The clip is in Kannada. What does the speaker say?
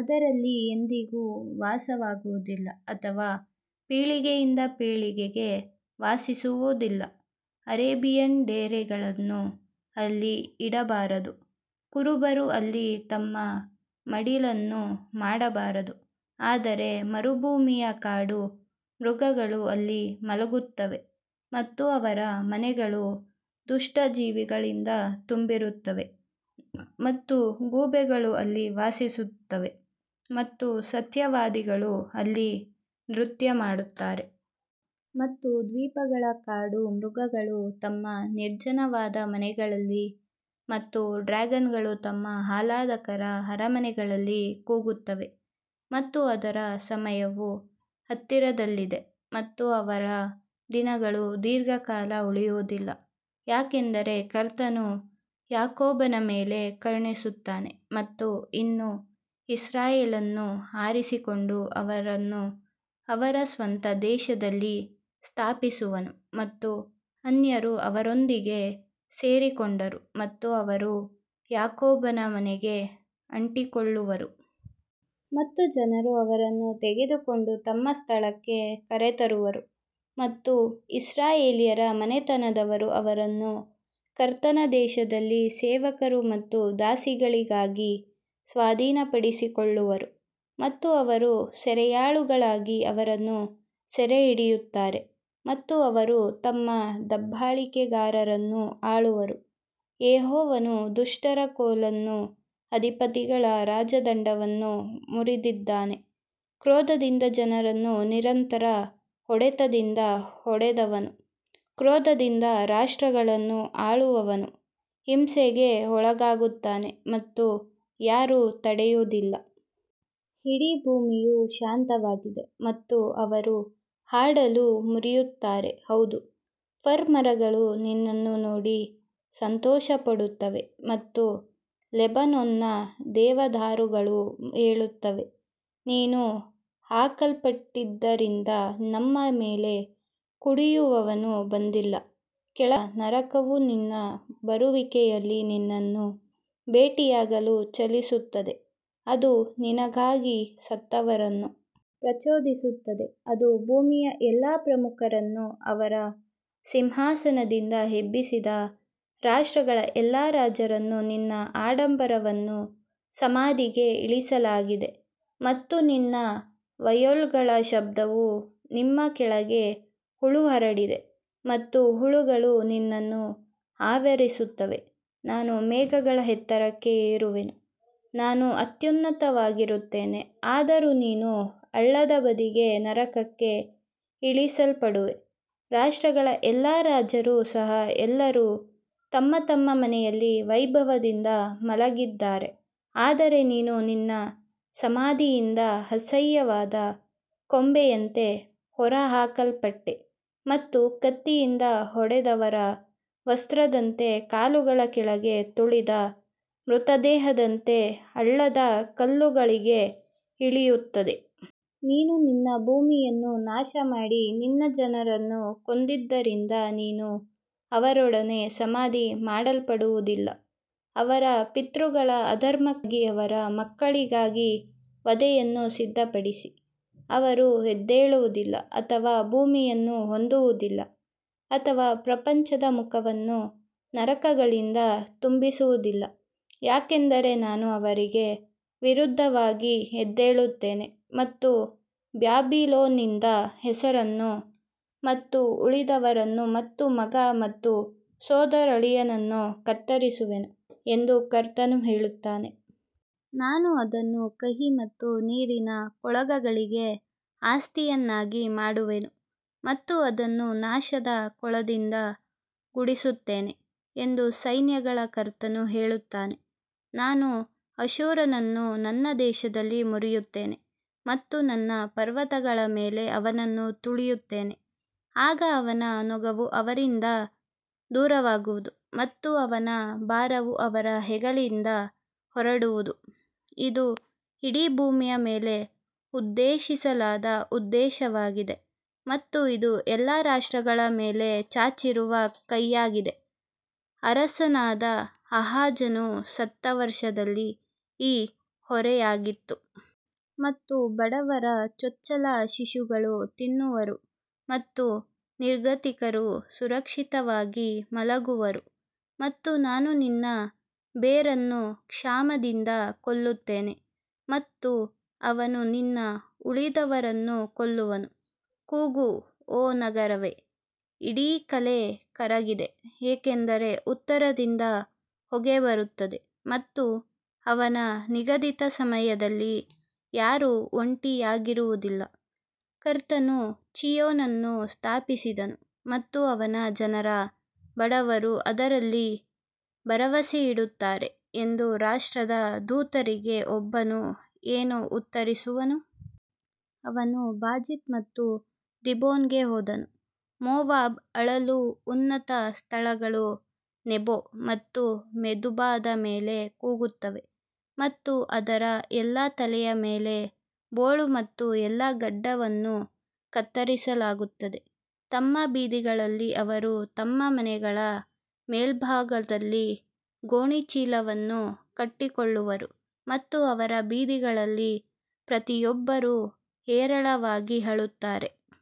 ಅದರಲ್ಲಿ ಎಂದಿಗೂ ವಾಸವಾಗುವುದಿಲ್ಲ ಅಥವಾ ಪೀಳಿಗೆಯಿಂದ ಪೀಳಿಗೆಗೆ ವಾಸಿಸುವದಿಲ್ಲ, ಅರೇಬಿಯನ್ ಡೇರೆಗಳನ್ನು ಅಲ್ಲಿ ಇಡಬಾರದು, ಕುರುಬರು ಅಲ್ಲಿ ತಮ್ಮ ಮಡಿಲನ್ನು ಮಾಡಬಾರದು. ಆದರೆ ಮರುಭೂಮಿಯ ಕಾಡು ಮೃಗಗಳು ಅಲ್ಲಿ ಮಲಗುತ್ತವೆ ಮತ್ತು ಅವರ ಮನೆಗಳು ದುಷ್ಟ ಜೀವಿಗಳಿಂದ ತುಂಬಿರುತ್ತವೆ ಮತ್ತು ಗೂಬೆಗಳು ಅಲ್ಲಿ ವಾಸಿಸುತ್ತವೆ ಮತ್ತು ಸತ್ಯವಾದಿಗಳು ಅಲ್ಲಿ ನೃತ್ಯ ಮಾಡುತ್ತಾರೆ. ಮತ್ತು ದ್ವೀಪಗಳ ಕಾಡು ಮೃಗಗಳು ತಮ್ಮ ನಿರ್ಜನವಾದ ಮನೆಗಳಲ್ಲಿ ಮತ್ತು ಡ್ರ್ಯಾಗನ್ಗಳು ತಮ್ಮ ಆಹ್ಲಾದಕರ ಅರಮನೆಗಳಲ್ಲಿ ಕೂಗುತ್ತವೆ ಮತ್ತು ಅದರ ಸಮಯವು ಹತ್ತಿರದಲ್ಲಿದೆ ಮತ್ತು ಅವಳ ದಿನಗಳು ದೀರ್ಘಕಾಲ ಉಳಿಯುವುದಿಲ್ಲ. ಯಾಕಂದರೆ ಕರ್ತನು ಯಾಕೋಬನ ಮೇಲೆ ಕರುಣಿಸುತ್ತಾನೆ ಮತ್ತು ಇನ್ನೂ ಇಸ್ರಾಯೇಲನ್ನು ಆರಿಸಿಕೊಂಡು ಅವರನ್ನು ಅವರ ಸ್ವಂತ ದೇಶದಲ್ಲಿ ಸ್ಥಾಪಿಸುವನು ಮತ್ತು ಅನ್ಯರು ಅವರೊಂದಿಗೆ ಸೇರಿಕೊಂಡರು ಮತ್ತು ಅವರು ಯಾಕೋಬನ ಮನೆಗೆ ಅಂಟಿಕೊಳ್ಳುವರು. ಮತ್ತು ಜನರು ಅವರನ್ನು ತೆಗೆದುಕೊಂಡು ತಮ್ಮ ಸ್ಥಳಕ್ಕೆ ಕರೆತರುವರು ಮತ್ತು ಇಸ್ರಾಯೇಲ್ಯರ ಮನೆತನದವರು ಅವರನ್ನು ಕರ್ತನ ದೇಶದಲ್ಲಿ ಸೇವಕರು ಮತ್ತು ದಾಸಿಗಳಿಗಾಗಿ ಸ್ವಾಧೀನಪಡಿಸಿಕೊಳ್ಳುವರು ಮತ್ತು ಅವರು ಸೆರೆಯಾಳುಗಳಾಗಿ ಅವರನ್ನು ಸೆರೆಹಿಡಿಯುತ್ತಾರೆ ಮತ್ತು ಅವರು ತಮ್ಮ ದಬ್ಬಾಳಿಕೆಗಾರರನ್ನು ಆಳುವರು. ಯೆಹೋವನು ದುಷ್ಟರ ಕೋಲನ್ನೂ ಅಧಿಪತಿಗಳ ರಾಜದಂಡವನ್ನೂ ಮುರಿದಿದ್ದಾನೆ ಕ್ರೋಧದಿಂದ ಜನರನ್ನು ನಿರಂತರ ಹೊಡೆತದಿಂದ ಹೊಡೆದವನು ಕ್ರೋಧದಿಂದ ರಾಷ್ಟ್ರಗಳನ್ನು ಆಳುವವನು ಹಿಂಸೆಗೆ ಒಳಗಾಗುತ್ತಾನೆ ಮತ್ತು ಯಾರೂ ತಡೆಯುವುದಿಲ್ಲ. ಇಡೀ ಭೂಮಿಯು ಶಾಂತವಾಗಿದೆ ಮತ್ತು ಅವರು ಹಾಡಲು ಮುರಿಯುತ್ತಾರೆ ಹೌದು, ಫರ್ ಮರಗಳು ನಿನ್ನನ್ನು ನೋಡಿ ಸಂತೋಷಪಡುತ್ತವೆ ಮತ್ತು ಲೆಬನೋನ್ನ ದೇವದಾರುಗಳು ಹೇಳುತ್ತವೆ, ನೀನು ಹಾಕಲ್ಪಟ್ಟಿದ್ದರಿಂದ ನಮ್ಮ ಮೇಲೆ ಕಡಿಯುವವನು ಬಂದಿಲ್ಲ ಕೆಳಗಿನಿಂದ ನರಕವು ನಿನ್ನ ಬರುವಿಕೆಯಲ್ಲಿ ನಿನ್ನನ್ನು ಭೇಟಿಯಾಗಲು ಚಲಿಸುತ್ತದೆ, ಅದು ನಿನಗಾಗಿ ಸತ್ತವರನ್ನು ಪ್ರಚೋದಿಸುತ್ತದೆ, ಅದು ಭೂಮಿಯ ಎಲ್ಲಾ ಪ್ರಮುಖರನ್ನು ಅವರ ಸಿಂಹಾಸನದಿಂದ ಎಬ್ಬಿಸಿದ ರಾಷ್ಟ್ರಗಳ ಎಲ್ಲಾ ರಾಜರನ್ನು ನಿನ್ನ ಆಡಂಬರವನ್ನು ಸಮಾಧಿಗೆ ಇಳಿಸಲಾಗಿದೆ ಮತ್ತು ನಿನ್ನ ವಯೋಲ್ಗಳ ಶಬ್ದವು ನಿಮ್ಮ ಕೆಳಗೆ ಹುಳು ಹರಡಿದೆ ಮತ್ತು ಹುಳುಗಳು ನಿನ್ನನ್ನು ಆವರಿಸುತ್ತವೆ ನಾನು ಮೇಘಗಳ ಎತ್ತರಕ್ಕೆ ಏರುವೆನು, ನಾನು ಅತ್ಯುನ್ನತನಾಗಿರುತ್ತೇನೆ ಆದರೂ ನೀನು ಹಳ್ಳದ ಬದಿಗೆ ನರಕಕ್ಕೆ ಇಳಿಸಲ್ಪಡುವೆ ರಾಷ್ಟ್ರಗಳ ಎಲ್ಲಾ ರಾಜರು ಸಹ ಎಲ್ಲರೂ ತಮ್ಮ ತಮ್ಮ ಮನೆಯಲ್ಲಿ ವೈಭವದಿಂದ ಮಲಗಿದ್ದಾರೆ ಆದರೆ ನೀನು ನಿನ್ನ ಸಮಾಧಿಯಿಂದ ಅಸಹ್ಯವಾದ ಕೊಂಬೆಯಂತೆ ಹೊರಹಾಕಲ್ಪಟ್ಟೆ ಮತ್ತು ಕತ್ತಿಯಿಂದ ಹೊಡೆದವರ ವಸ್ತ್ರದಂತೆ ಕಾಲುಗಳ ಕೆಳಗೆ ತುಳಿದ ಮೃತದೇಹದಂತೆ ಹಳ್ಳದ ಕಲ್ಲುಗಳಿಗೆ ಇಳಿಯುತ್ತದೆ. ನೀನು ನಿನ್ನ ಭೂಮಿಯನ್ನು ನಾಶಮಾಡಿ ನಿನ್ನ ಜನರನ್ನು ಕೊಂದಿದ್ದರಿಂದ ನೀನು ಅವರೊಡನೆ ಸಮಾಧಿ ಮಾಡಲ್ಪಡುವದಿಲ್ಲ ಅವರ ಪಿತೃಗಳ ಅಧರ್ಮಕ್ಕಾಗಿ ಅವರ ಮಕ್ಕಳಿಗಾಗಿ ವಧೆಯನ್ನು ಸಿದ್ಧಪಡಿಸಿ, ಅವರು ಎದ್ದೇಳುವುದಿಲ್ಲ ಅಥವಾ ಭೂಮಿಯನ್ನು ಹೊಂದುವುದಿಲ್ಲ ಅಥವಾ ಪ್ರಪಂಚದ ಮುಖವನ್ನು ನಗರಗಳಿಂದ ತುಂಬಿಸುವುದಿಲ್ಲ. ಯಾಕಂದರೆ ನಾನು ಅವರಿಗೆ ವಿರುದ್ಧವಾಗಿ ಎದ್ದೇಳುತ್ತೇನೆ ಮತ್ತು ಬ್ಯಾಬಿಲೋನ್ನಿಂದ ಹೆಸರನ್ನು ಮತ್ತು ಉಳಿದವರನ್ನು ಮತ್ತು ಮಗ ಮತ್ತು ಸೋದರಳಿಯನನ್ನು ಕತ್ತರಿಸುವೆನು ಎಂದು ಕರ್ತನು ಹೇಳುತ್ತಾನೆ. ನಾನು ಅದನ್ನು ಕಹಿ ಮತ್ತು ನೀರಿನ ಕೊಳಗಳಿಗೆ ಆಸ್ತಿಯನ್ನಾಗಿ ಮಾಡುವೆನು ಮತ್ತು ಅದನ್ನು ನಾಶದ ಕೊಳದಿಂದ ಗುಡಿಸುತ್ತೇನೆ ಎಂದು ಸೈನ್ಯಗಳ ಕರ್ತನು ಹೇಳುತ್ತಾನೆ ನಾನು ಅಶ್ಶೂರನನ್ನು ನನ್ನ ದೇಶದಲ್ಲಿ ಮುರಿಯುತ್ತೇನೆ ಮತ್ತು ನನ್ನ ಪರ್ವತಗಳ ಮೇಲೆ ಅವನನ್ನು ತುಳಿಯುತ್ತೇನೆ, ಆಗ ಅವನ ನೊಗವು ಅವರಿಂದ ದೂರವಾಗುವುದು ಮತ್ತು ಅವನ ಭಾರವು ಅವರ ಹೆಗಲಿಂದ ಹೊರಡುವುದು ಇದು ಇಡೀ ಭೂಮಿಯ ಮೇಲೆ ಉದ್ದೇಶಿಸಲಾದ ಉದ್ದೇಶವಾಗಿದೆ ಮತ್ತು ಇದು ಎಲ್ಲಾ ರಾಷ್ಟ್ರಗಳ ಮೇಲೆ ಚಾಚಿರುವ ಕೈಯಾಗಿದೆ ಅರಸನಾದ ಆಹಾಜನು ಸತ್ತ ವರ್ಷದಲ್ಲಿ ಈ ಹೊರೆಯಾಗಿತ್ತು. ಮತ್ತು ಬಡವರ ಚೊಚ್ಚಲ ಶಿಶುಗಳು ತಿನ್ನುವರು ಮತ್ತು ನಿರ್ಗತಿಕರು ಸುರಕ್ಷಿತವಾಗಿ ಮಲಗುವರು ಮತ್ತು ನಾನು ನಿನ್ನ ಬೇರನ್ನು ಕ್ಷಾಮದಿಂದ ಕೊಲ್ಲುತ್ತೇನೆ ಮತ್ತು ಅವನು ನಿನ್ನ ಉಳಿದವರನ್ನು ಕೊಲ್ಲುವನು. ಕೂಗು ಓ ನಗರವೇ, ಇಡೀ ಕಲೆ ಕರಗಿದೆ ಏಕೆಂದರೆ ಉತ್ತರದಿಂದ ಹೊಗೆ ಬರುತ್ತದೆ ಮತ್ತು ಅವನ ನಿಗದಿತ ಸಮಯದಲ್ಲಿ ಯಾರೂ ಒಂಟಿಯಾಗಿರುವುದಿಲ್ಲ ಕರ್ತನು ಚೀಯೋನನ್ನು ಸ್ಥಾಪಿಸಿದನು ಮತ್ತು ಅವನ ಜನರ ಬಡವರು ಅದರಲ್ಲಿ ಭರವಸೆಯಿಡುತ್ತಾರೆ ಎಂದು ರಾಷ್ಟ್ರದ ದೂತರಿಗೆ ಒಬ್ಬನು ಏನು ಉತ್ತರಿಸುವನು? ಅವನು ಬಾಜಿತ್ ಮತ್ತು ದೀಬೋನ್ಗೆ ಹೋದನು, ಮೋವಾಬ್ ಅಳಲು ಉನ್ನತ ಸ್ಥಳಗಳು ನೆಬೋ ಮತ್ತು ಮೆದೆಬಾದ ಮೇಲೆ ಕೂಗುತ್ತವೆ ಮತ್ತು ಅವರ ಎಲ್ಲಾ ತಲೆಯ ಮೇಲೆ ಬೋಳು ಮತ್ತು ಎಲ್ಲಾ ಗಡ್ಡವನ್ನು ಕತ್ತರಿಸಲಾಗುತ್ತದೆ. ತಮ್ಮ ಬೀದಿಗಳಲ್ಲಿ ಅವರು ತಮ್ಮ ಮನೆಗಳ ಮೇಲ್ಭಾಗದಲ್ಲಿ ಗೋಣಿಚೀಲವನ್ನು ಕಟ್ಟಿಕೊಳ್ಳುವರು ಮತ್ತು ಅವರ ಬೀದಿಗಳಲ್ಲಿ ಪ್ರತಿಯೊಬ್ಬರೂ ಹೇರಳವಾಗಿ ಅಳುತ್ತಾರೆ.